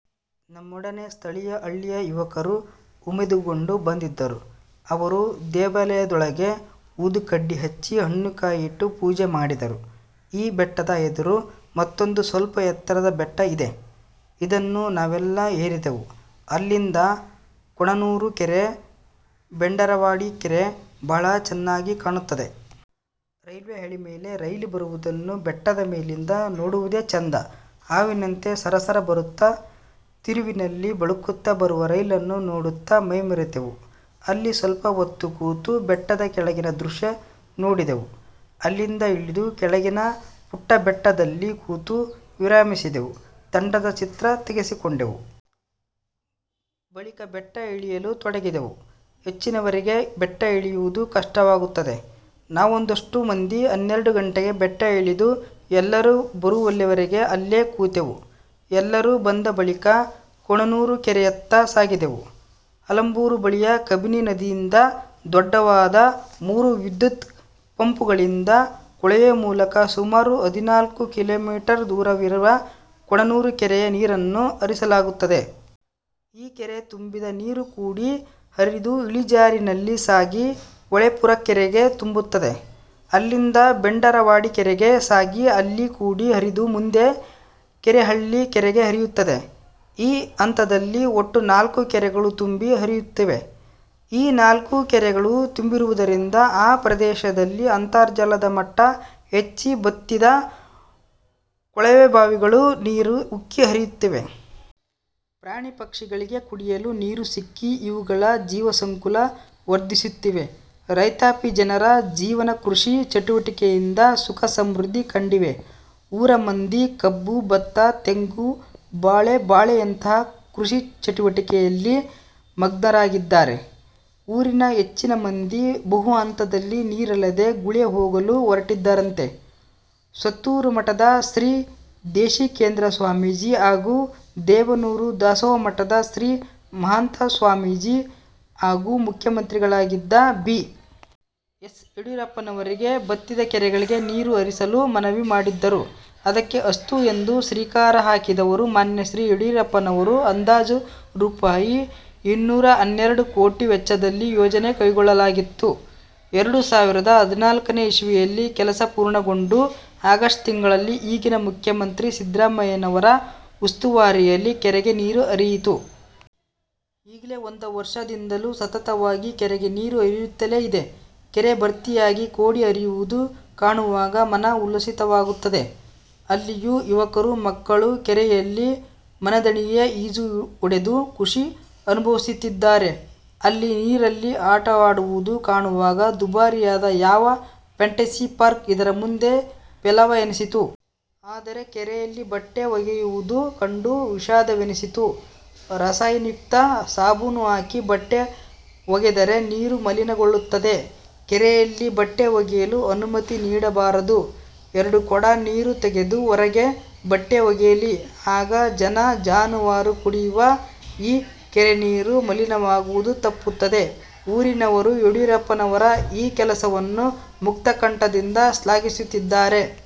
ನಮ್ಮೊಡನೆ ಸ್ಥಳೀಯ ಹಳ್ಳಿಯ ಯುವಕರೂ ಉಮೇದುಗೊಂಡು ಬಂದಿದ್ದರು. ಅವರು ದೇವಾಲಯದೊಳಗೆ ಊದುಕಡ್ಡಿ ಹಚ್ಚಿ ಹಣ್ಣುಕಾಯಿ ಇಟ್ಟು ಪೂಜೆ ಮಾಡಿದರು. ಈ ಬೆಟ್ಟದ ಎದುರು ಮತ್ತೊಂದು ಸ್ವಲ್ಪ ಎತ್ತರದ ಬೆಟ್ಟ ಇದೆ. ಅದನ್ನೂ ನಾವೆಲ್ಲ ಏರಿದೆವು. ಅಲ್ಲಿಂದ ಕೋಣನೂರು ಕೆರೆ, ಬೆಂಡರವಾಡಿ ಕೆರೆ ಬಹಳ ಚೆನ್ನಾಗಿ ಕಾಣುತ್ತದೆ. ರೈಲ್ವೇ ಹಳಿಮೇಲೆ ರೈಲು ಬರುವುದನ್ನು ಬೆಟ್ಟದಮೇಲಿಂದ ನೋಡುವುದೇ ಚಂದ. ಹಾವಿನಂತೆ ಸರಸರ ಬರುತ್ತ, ತಿರುವಿನಲ್ಲಿ ಬಳುಕುತ್ತ ಬರುವ ರೈಲನ್ನು ನೋಡುತ್ತ ಮೈಮರೆತೆವು. ಅಲ್ಲಿ ಸ್ವಲ್ಪ ಹೊತ್ತು ಕೂತು ಬೆಟ್ಟದ ಕೆಳಗಿನ ದೃಶ್ಯ ನೋಡಿದೆವು. ಅಲ್ಲಿಂದ ಇಳಿದು ಕೆಳಗಿನ ಪುಟ್ಟಬೆಟ್ಟದಲ್ಲಿ ಕೂತು ವಿರಮಿಸಿದೆವು. ತಂಡದ ಚಿತ್ರ ತೆಗೆಸಿಕೊಂಡೆವು. ಬಳಿಕ ಬೆಟ್ಟ ಇಳಿಯಲು ತೊಡಗಿದೆವು. ಹೆಚ್ಚಿನವರಿಗೆ ಬೆಟ್ಟ ಇಳಿಯುವುದು ಕಷ್ಟವಾಗುತ್ತದೆ. ನಾವೊಂದಷ್ಟು ಮಂದಿ ಹನ್ನೆರಡು ಗಂಟೆಗೆ ಬೆಟ್ಟ ಇಳಿದು ಎಲ್ಲರೂ ಬರುವಲ್ಲಿವರೆಗೆ ಅಲ್ಲೇ ಕೂತೆವು. ಎಲ್ಲರೂ ಬಂದ ಬಳಿಕ ಕೋಣನೂರು ಕೆರೆಯತ್ತ ಸಾಗಿದೆವು. ಆಲಂಬೂರು ಬಳಿಯ ಕಬಿನಿ ನದಿಯಿಂದ ದೊಡ್ದದಾದ ಮೂರು ವಿದ್ಯುತ್ ಪಂಪುಗಳಿಂದ ಕೊಳವೆಮೂಲಕ ಸುಮಾರು ಹದಿನಾಲ್ಕು ಕಿಲೋಮೀಟರ್ ದೂರವಿರುವ ಕೋಣನೂರು ಕೆರೆಗೆ ನೀರನ್ನು ಹರಿಸಲಾಗುತ್ತದೆ. ಈ ಕೆರೆ ತುಂಬಿದ ನೀರು ಕೋಡಿ ಹರಿದು ಇಳಿಜಾರಿನಲ್ಲಿ ಸಾಗಿ ಹಳೇಪುರಕೆರೆ ತುಂಬುತ್ತದೆ. ಅಲ್ಲಿಂದ ಬೆಂಡರವಾಡಿಕೆರೆಗೆ ಸಾಗಿ ಅಲ್ಲಿ ಕೋಡಿ ಹರಿದು ಮುಂದೆ ಕೆರೆಹಳ್ಳಿ ಕೆರೆಗೆ ಹರಿಯುತ್ತದೆ. ಈ ಹಂತದಲ್ಲಿ ಒಟ್ಟು ನಾಲ್ಕು ಕೆರೆಗಳು ತುಂಬಿ ಹರಿಯುತ್ತಿವೆ. ಈ ನಾಲ್ಕೂಕೆರೆಗಳು ತುಂಬಿರುವುದರಿಂದ ಆ ಪ್ರದೇಶಗಳಲ್ಲಿ ಅಂತರ್ಜಲದ ಮಟ್ಟ ಹೆಚ್ಚಿ ಬತ್ತಿದ ಕೊಳವೆಬಾವಿಗಳಲ್ಲಿ ನೀರು ಉಕ್ಕಿ ಹರಿಯುತ್ತಿವೆ. ಪ್ರಾಣಿಪಕ್ಷಿಗಳಿಗೆ ಕುಡಿಯಲು ನೀರು ಸಿಕ್ಕಿ ಅವುಗಳ ಜೀವಸಂಕುಲ ವರ್ಧಿಸುತ್ತಿವೆ. ರೈತಾಪಿಜನರ ಜೀವನ ಕೃಷಿ ಚಟುವಟಿಕೆಯಿಂದ ಸುಖ ಸಮೃದ್ಧಿ ಕಂಡಿವೆ. ಊರಮಂದಿ ಕಬ್ಬು, ಭತ್ತ ತೆಂಗು ಬಾಳೆ ಬೆಳೆಯುತ್ತ ಕೃಷಿ ಚಟುವಟಿಕೆಯಲ್ಲಿ ಮಗ್ನರಾಗಿದ್ದಾರೆ. ಊರಿನ ಹೆಚ್ಚಿನಮಂದಿ ಒಂದುಹಂತದಲ್ಲಿ ನೀರಿಲ್ಲದೆ ಗುಳೆಹೋಗಲು ಹೊರಟಿದ್ದರಂತೆ. ಸುತ್ತೂರುಮಠದ ಶ್ರೀ ದೇಶಿಕೇಂದ್ರ ಸ್ವಾಮೀಜಿ, ಹಾಗೂ ದೇವನೂರು ದಾಸೋಹಮಠದ ಶ್ರೀ ಮಹಾಂತ ಸ್ವಾಮೀಜಿ ಆಗ ಮುಖ್ಯಮಂತ್ರಿಗಳಾಗಿದ್ದ ಬಿ. ಎಸ್. ಯಡಿಯೂರಪ್ಪನವರಿಗೆ ಬತ್ತಿದ ಕೆರೆಗಳಿಗೆ ನೀರು ಹರಿಸಲು ಮನವಿ ಮಾಡಿದ್ದರು. ಅದಕ್ಕೆ ಅಸ್ತು ಎಂದು ಶ್ರೀಕಾರ ಹಾಕಿದವರು ಮಾನ್ಯ ಯಡಿಯೂರಪ್ಪನವರು. ಅಂದಾಜು ರೂಪಾಯಿ. ಇನ್ನೂರ ಹನ್ನೆರಡು ಕೋಟಿ ವೆಚ್ಚದಲ್ಲಿ ಯೋಜನೆ ಕೈಗೆತ್ತಿಕೊಳ್ಳಲಾಗಿತ್ತು. ಎರಡು ಸಾವಿರದ ಹದಿನಾಲ್ಕನೇ ಇಸವಿಯಲ್ಲಿ ಕೆಲಸ ಪೂರ್ಣಗೊಂಡು ಆಗಸ್ಟ್ ತಿಂಗಳಲ್ಲಿ ಈಗಿನ ಮುಖ್ಯಮಂತ್ರಿ ಸಿದ್ದರಾಮಯ್ಯನವರ ಉಸ್ತುವಾರಿಯಲ್ಲಿ ಕೆರೆಗೆ ನೀರು ಹರಿಯಿತು. ಈಗ್ಗೆ ಒಂದು ವರ್ಷದಿಂದಲೂ ಸತತವಾಗಿ ಕೆರೆಗೆ ನೀರು ಹರಿಯುತ್ತಲೇ ಇದೆ. ಕೆರೆ ಭರ್ತಿಯಾಗಿ ಕೋಡಿ ಹರಿಯುವುದು ಕಾಣುವಾಗ ಮನ ಉಲ್ಲಸಿತವಾಗುತ್ತದೆ. ಅಲ್ಲಿಯ ಯುವಕರು ಮಕ್ಕಳು ಕೆರೆಯಲ್ಲಿ ಮನದಣಿಯೆ ಈಜು ಹೊಡೆದು ಖುಷಿ ಅನುಭವಿಸುತ್ತಿದ್ದಾರೆ. ಅಲ್ಲಿ ನೀರಲ್ಲಿ ಆಟವಾಡುವುದು ಕಾಣುವಾಗ ದುಬಾರಿಯಾದ ಯಾವ ಫಾಂಟೆಸಿ ಪಾರ್ಕ್ ಇದರ ಮುಂದೆ ಪೇಲವ ಎನಿಸಿತು. ಆದರೆ ಕೆರೆಯಲ್ಲಿ ಬಟ್ಟೆ ಒಗೆಯುವುದು ಕಂಡು ವಿಷಾದವೆನಿಸಿತು. ರಾಸಾಯನಿಯುಕ್ತ ಸಾಬೂನು ಹಾಕಿ ಬಟ್ಟೆ ಒಗೆದರೆ ನೀರು ಮಲೀನಗೊಳ್ಳುತ್ತದೆ. ಕೆರೆಯಲ್ಲಿ ಬಟ್ಟೆ ಒಗೆಯಲು ಅನುಮತಿ ನೀಡಬಾರದು. ಎರಡು ಕೊಡ ನೀರು ತೆಗೆದು ಹೊರಗೆ ಬಟ್ಟೆ ಒಗೆಯಲಿ. ಆಗ ಜನ ಜಾನುವಾರು ಕುಡಿಯುವ ಈ ಕೆರೆನೀರು ಮಲಿನವಾಗುವುದು ತಪ್ಪುತ್ತದೆ. ಊರಿನವರು ಯಡಿಯೂರಪ್ಪನವರ ಈ ಕೆಲಸವನ್ನು ಮುಕ್ತಕಂಠದಿಂದ ಶ್ಲಾಘಿಸುತ್ತಿದ್ದಾರೆ.